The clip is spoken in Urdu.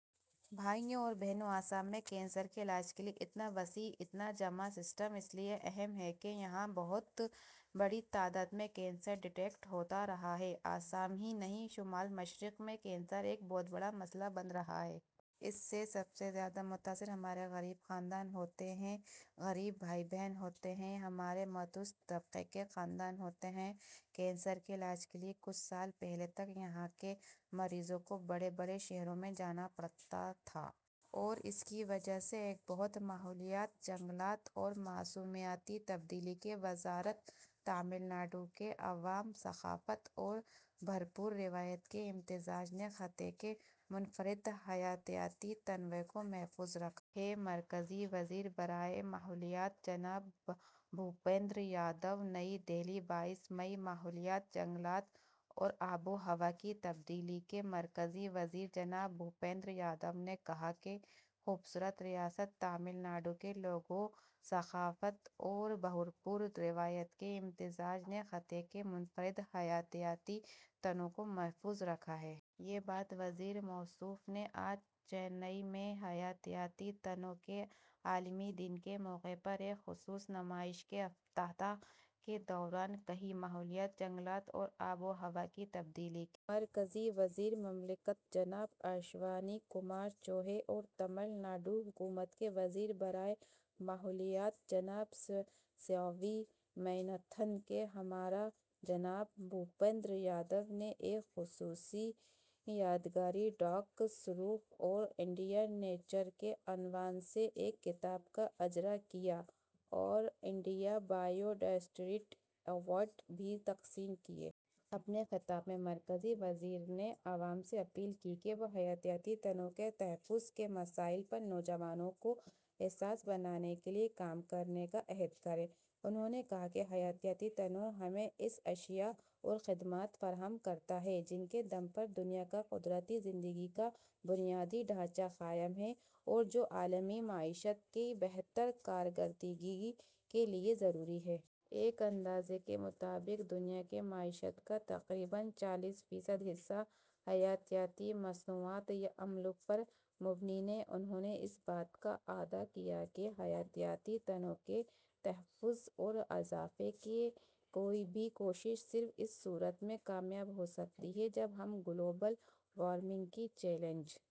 بھائیو اور بہنو، آسام میں کینسر کے علاج کے لیے اتنا وسیع، اتنا جامع سسٹم اس لیے اہم ہے کہ یہاں بہت بڑی تعداد میں کینسر ڈیٹیکٹ ہوتا رہا ہے۔ آسام ہی نہیں، شمال مشرق میں کینسر ایک بہت بڑا مسئلہ بن رہا ہے۔ اس سے سب سے زیادہ متاثر ہمارے غریب خاندان ہوتے ہیں، غریب بھائی بہن ہوتے ہیں، ہمارے متوسط طبقے کے خاندان ہوتے ہیں۔ کینسر کے علاج کے لیے کچھ سال پہلے تک یہاں کے مریضوں کو بڑے بڑے شہروں میں جانا پڑتا تھا۔ اور اس کی وجہ سے ایک بہت... ماحولیات، جنگلات اور موسمیاتی تبدیلی کی وزارت تمل ناڈو کے عوام، ثقافت اور بھرپور روایت کے امتزاج نے خطے کے منفرد حیاتیاتی تنوع کو محفوظ رکھا ہے: مرکزی وزیر برائے ماحولیات جناب بھوپندر یادو نئی دہلی، بائیس مئی: ماحولیات، جنگلات اور آب و ہوا کی تبدیلی کے مرکزی وزیر جناب بھوپندر یادو نے کہا کہ "خوبصورت ریاست تمل ناڈو کے لوگوں، ثقافت اور بھرپور روایت کے امتزاج نے خطے کے منفرد حیاتیاتی تنوع کو محفوظ رکھا ہے۔" یہ بات وزیر موصوف نے آج چنئی میں حیاتیاتی تنوع کے عالمی دن کے موقع پر ایک خصوصی نمائش کے افتتاح کے دوران کہی۔ ماحولیات، جنگلات اور آب و ہوا کی تبدیلی کے مرکزی وزیر مملکت جناب اشونی کمار چوبے اور تمل ناڈو حکومت کے وزیر برائے ماحولیات جناب سیوا وی میاناتھن کے ہمراہ جناب بھوپندر یادو نے ایک خصوصی یادگاری ڈاک سرورق اور ''انڈیا نیچرل'' کے عنوان سے ایک کتاب کا اجرا کیا اور انڈیا بائیو ڈائورسٹی ایوارڈز بھی تقسیم کیے۔ اپنے خطاب میں مرکزی وزیر نے عوام سے اپیل کی کہ وہ حیاتیاتی تنوع کے تحفظ کے مسائل پر نوجوانوں کو حساس بنانے کے لیے کام کرنے کا عہد کریں۔ انھوں نے کہا کہ حیاتیاتی تنوع ہمیں ایسی اشیا اور خدمات فراہم کرتا ہے، جن کے دم پر دنیا کا قدرتی زندگی کا بنیادی ڈھانچا قائم ہے اور جو عالمی معیشت کی بہتر کارکردگی کے لیے ضروری ہیں۔ ایک اندازے کے مطابق دنیا کی معیشت کا تقریباً چالیس فیصد حصہ حیاتیاتی مصنوعات یا عمل پر مبنی ہے۔ انھوں نے اس بات کا اعادہ کیا کہ حیاتیاتی تنوع کے تحفظ اور اضافے کی کوئی بھی کوشش صرف اسی صورت میں کامیاب ہو سکتی ہے جب ہم گلوبل وارمنگ کے چیلنج...